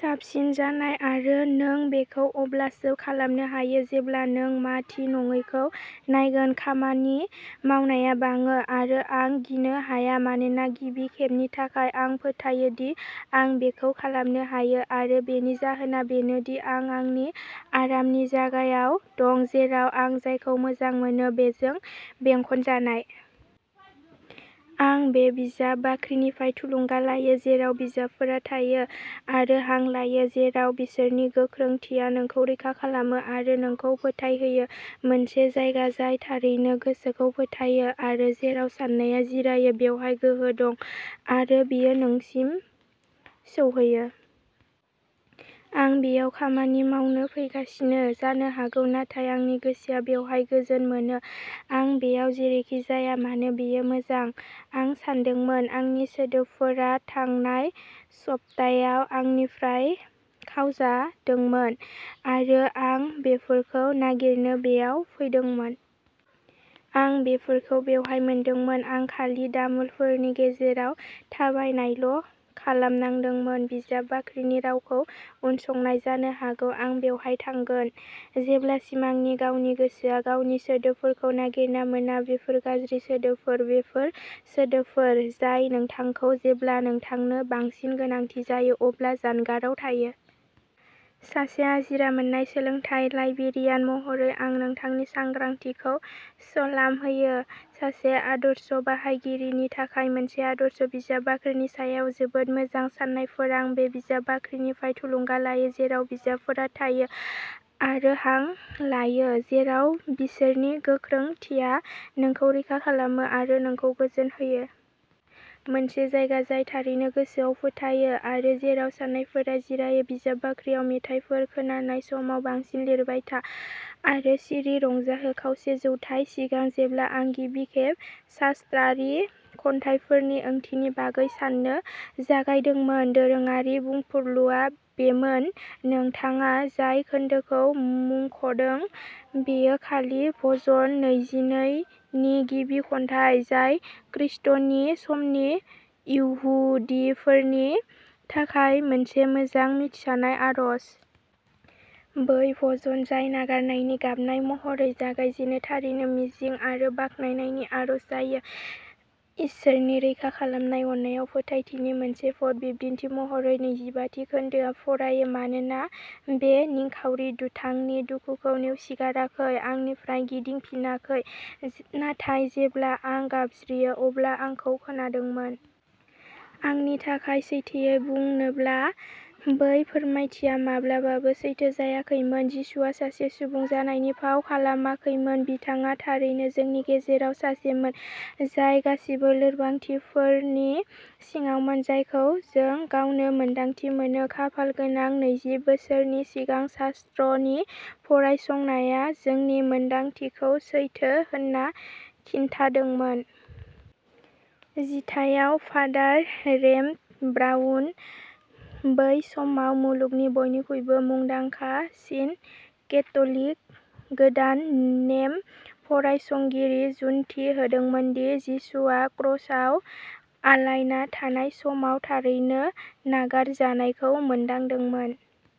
साबसिन जानाय आरो नों बेखौ अब्लासो खालामनो हायो जेब्ला नों मा थि नङैखौ नायगोन। खामानि मावनाया बाङो आरो आं गिनो हाया मानोना गिबि खेबनि थाखाय आं फोथायो दि आं बेखौ खालामनो हायो आरो बेनि जाहोना बेनो दि आं आंनि आरामनि जायगायाव दं जेराव आं जायखौ मोजां मोनो बेजों बेंखनजानाय। आं बे बिजाब बाख्रिनिफ्राय थुलुंगा लायो, जेराव बिजाबफोरा थायो आरो हां लायो, जेराव बिसोरनि गोख्रोंथिया नोंखौ रैखा खालामो आरो नोंखौ फोथायहोयो। मोनसे जायगा जाय थारैनो गोसोखौ फोथायो आरो जेराव साननाया जिरायो। बेवहाय गोहो दं आरो बियो नोंसिम सौहैयो। आं बेयाव खामानि मावनो फैगासिनो जानो हागौ, नाथाय आंनि गोसोआ बेयाव गोजोन मोनो। आं बेयाव जेरैखि जाया मानो, बेयो मोजां। आं सान्दोंमोन आंनि सोदोबफोरा थांनाय सप्तायाव आंनिफ्राय खावजादोंमोन आरो आं बेफोरखौ नागिरनो बेयाव फैदोंमोन। आं बेफोरखौ बेवहाय मोनदोंमोन। आं खालि दामोलफोरनि गेजेराव थाबायनायल' खालामनांदोंमोन। बिजाब बाख्रिनि रावखौ उनसंनाय। जानो हागौ आं बेवहाय थागोन जेब्लासिम आंनि गावनि गोसोआ गावनि सोदोबफोरखौ नागिरना मोना। बेफोर गाज्रि सोदोबफोर, बेफोर सोदोबफोर जाय नोंथांखौ जेब्ला नोंथांनो बांसिन गोनांथि जायो अब्ला जानगाराव थायो। सासे आजिरा मोननाय सोलोंथाय लाइब्रेरियान महरै, आं नोंथांनि सांग्रांथिखौ सलाम होयो। सासे आदर्श बाहायगिरिनि थाखाय मोनसे आदर्श बिजाब बाख्रिनि सायाव जोबोद मोजां साननायफोर आं बे बिजाब बाख्रिनिफ्राय थुलुंगा लायो, जेराव बिजाबफोरा थायो आरो हां लायो, जेराव बिसोरनि गोख्रोंथिया नोंखौ रैखा खालामो आरो नोंखौ गोजोन होयो। मोनसे जायगा जाय थारैनो गोसोआव फोथायो आरो जेराव साननायफोरा जिरायो। बिजाब बाख्रियाव मेथाइफोर खोनानाय समाव बांसिन लिरबाय था आरो सिरि रंजाहो खावसे जौथाय सिगां, जेब्ला आं गिबि खेब शास्त्रारि खन्थाइफोरनि ओंथिनि बागै साननो जागायदोंमोन, दोरोङारि बुंफुरलुआ बेमोन नोंथाङा जाय खोनदोखौ मुंख'दों बेयो खालि भजन नैजिनै नि गिबि खन्थाइ, जाय ख्रिस्ट’नि समनि इहुदिफोरनि थाखाय मोनसे मोजां मिथिजानाय आरज। बै भजन जाय नागारनायनि गाबनाय महरै जागायजेनो थारैनो मिजिं आरो बाख्नायनायनि आरज जायो, इसोरनि रैखा खालामनाय अननायाव फोथायथिनि मोनसे भट। बिदिन्थि महरै, नैजिबाथि खोन्दोआ फरायो मानोना बे निखावरि दुथांनि दुखुखौ नेवसिगाराखै, आंनिफ्राय गिदिंफिनाखै, नाथाय जेब्ला आं गाबज्रियो अब्ला आंखौ खोनादोंमोन। आंनि थाखाय सैथोयै बुंनोब्ला, बै फोरमायथिया माब्लाबाबो सैथो जायाखैमोन। जिसुआ सासे सुबुं जानायनि फाव खालामाखैमोन। बिथाङा थारैनो जोंनि गेजेराव सासेमोन, जाय गासैबो लोरबांथिफोरनि सिङावमोन जायखौ जों गावनो मोन्दांथि मोनो। खाफालगोनां नैजि बोसोरनि सिगां शास्त्रनि फरायसंनाया जोंनि मोनदांथिखौ सैथो होनना खिन्थादोंमोन। जिथाइयाव, फादार रेम ब्राउन बै समाव मुलुगनि बयनिख्रुइबो मुंदांखासिन केथ'लिक गोदान नेम फरायसंगिरि जुन्ति होदोंमोन दि जिसुआ क्रसआव आलायना थानाय समाव थारैनो नागारजानायखौ मोनदांदोंमोन।